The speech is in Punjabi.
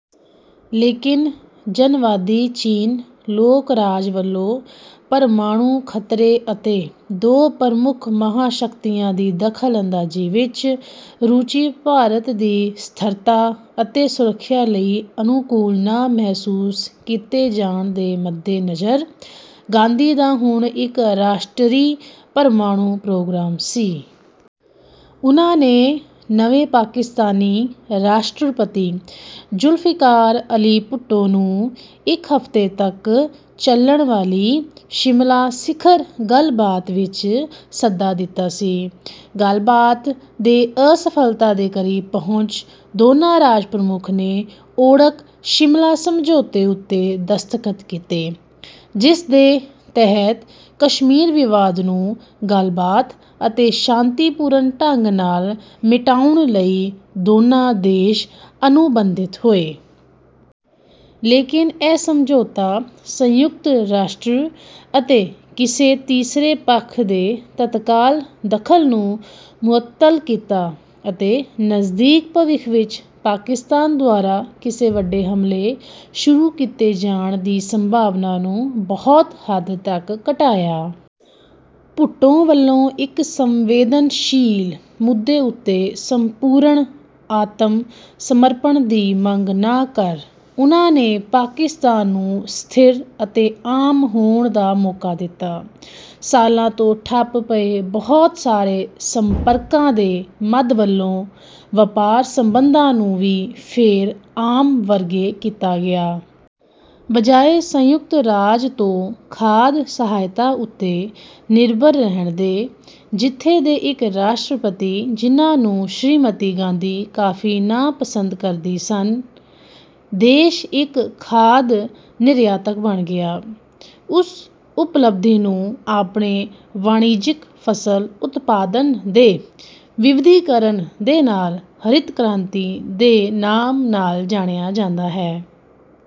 ਲੇਕਿਨ ਜਨਵਾਦੀ ਚੀਨ ਲੋਕ-ਰਾਜ ਵਲੋਂ ਪਰਮਾਣੁ ਖਤਰੇ ਅਤੇ ਦੋ ਪ੍ਰਮੁੱਖ ਮਹਾਸ਼ਕਤੀਆਂ ਦੀ ਦਖਲ ਅੰਦਾਜੀ ਵਿੱਚ ਰੁਚੀ ਭਾਰਤ ਦੀ ਸਥਿਰਤਾ ਅਤੇ ਸੁਰੱਖਿਆ ਲਈ ਅਨੁਕੂਲ ਨਾ ਮਹਿਸੂਸ ਕੀਤੇ ਜਾਣ ਦੇ ਮੱਦੇ ਨਜ਼ਰ, ਗਾਂਧੀ ਦਾ ਹੁਣ ਇੱਕ ਰਾਸ਼ਟਰੀ ਪਰਮਾਣੂ ਪ੍ਰੋਗਰਾਮ ਸੀ। ਉਨ੍ਹਾਂ ਨੇ ਨਵੇਂ ਪਾਕਿਸਤਾਨੀ ਰਾਸ਼ਟਰਪਤੀ ਜੁਲਫਿਕਾਰ ਅਲੀ ਭੁੱਟੋ ਨੂੰ ਇੱਕ ਹਫ਼ਤੇ ਤੱਕ ਚਲਣ ਵਾਲੀ ਸ਼ਿਮਲਾ ਸਿਖਰ ਗੱਲ ਬਾਤ ਵਿੱਚ ਸੱਦਾ ਦਿੱਤਾ ਸੀ। ਗੱਲ ਬਾਤ ਦੇ ਅਸਫਲਤਾ ਦੇ ਕਰੀਬ ਪਹੁੰਚ ਦੋਨਾਂ ਰਾਜ ਪ੍ਰਮੁੱਖ ਨੇ ਓੜਕ ਸ਼ਿਮਲਾ ਸਮਝੌਤੇ ਉੱਤੇ ਦਸਤਖ਼ਤ ਕੀਤੇ, ਜਿਸਦੇ ਤਹਿਤ ਕਸ਼ਮੀਰ ਵਿਵਾਦ ਨੂੰ ਗੱਲ ਬਾਤ ਅਤੇ ਸ਼ਾਂਤੀਪੂਰਨ ਢੰਗ ਨਾਲ ਮਿਟਾਉਣ ਲਈ ਦੋਨਾਂ ਦੇਸ਼ ਅਨੁਬੰਧਿਤ ਹੋਏ। ਲੇਕਿਨ ਇਹ ਸਮਝੌਤਾ ਸੰਯੁਕਤ ਰਾਸ਼ਟਰ ਅਤੇ ਕਿਸੇ ਤੀਸਰੇ ਪੱਖ ਦੇ ਤੱਤਕਾਲ ਦਖਲ ਨੂੰ ਮੁਅੱਤਲ ਕੀਤਾ ਅਤੇ ਨਜ਼ਦੀਕ ਭਵਿੱਖ ਵਿੱਚ ਪਾਕਿਸਤਾਨ ਦੁਆਰਾ ਕਿਸੇ ਵੱਡੇ ਹਮਲੇ ਸ਼ੁਰੂ ਕੀਤੇ ਜਾਣ ਦੀ ਸੰਭਾਵਨਾ ਨੂੰ ਬਹੁਤ ਹੱਦ ਤੱਕ ਘਟਾਇਆ। ਭੁੱਟੋ ਵਲੋਂ ਇੱਕ ਸੰਵੇਦਨਸ਼ੀਲ ਮੁੱਦੇ ਉੱਤੇ ਸੰਪੂਰਣ ਆਤਮ ਸਮਰਪਣ ਦੀ ਮੰਗ ਨਾ ਕਰ ਉਨ੍ਹਾਂ ਨੇ ਪਾਕਿਸਤਾਨ ਨੂੰ ਸਥਿਰ ਅਤੇ ਆਮ ਹੋਣ ਦਾ ਮੌਕਾ ਦਿੱਤਾ। ਸਾਲਾਂ ਤੋਂ ਠੱਪ ਪਏ ਬਹੁਤ ਸਾਰੇ ਸੰਪਰਕਾਂ ਦੇ ਮੱਧ ਵਲੋਂ ਵਪਾਰ ਸਬੰਧਾਂ ਨੂੰ ਵੀ ਫੇਰ ਆਮ ਵਰਗੇ ਕੀਤਾ ਗਿਆ। ਬਜਾਏ ਸੰਯੁਕਤ ਰਾਜ ਤੋਂ ਖਾਧ ਸਹਾਇਤਾ ਉੱਤੇ ਨਿਰਭਰ ਰਹਿਣ ਦੇ- ਜਿੱਥੇ ਦੇ ਇੱਕ ਰਾਸ਼ਟਰਪਤੀ ਜਿਨ੍ਹਾਂ ਨੂੰ ਸ਼੍ਰੀਮਤੀ ਗਾਂਧੀ ਕਾਫ਼ੀ ਨਾਪਸੰਦ ਕਰਦੀ ਸਨ, ਦੇਸ਼ ਇੱਕ ਖਾਧ ਨਿਰਿਆਤਕ ਬਣ ਗਿਆ। ਉਸ ਉਪਲਬਧੀ ਨੂੰ ਆਪਣੇ ਵਾਣਿਜਿਕ ਫਸਲ ਉਤਪਾਦਨ ਦੇ ਵਿਵਿਧੀਕਰਨ ਦੇ ਨਾਲ ਹਰਿਤ ਕ੍ਰਾਂਤੀ ਦੇ ਨਾਮ ਨਾਲ ਜਾਣਿਆ ਜਾਂਦਾ ਹੈ।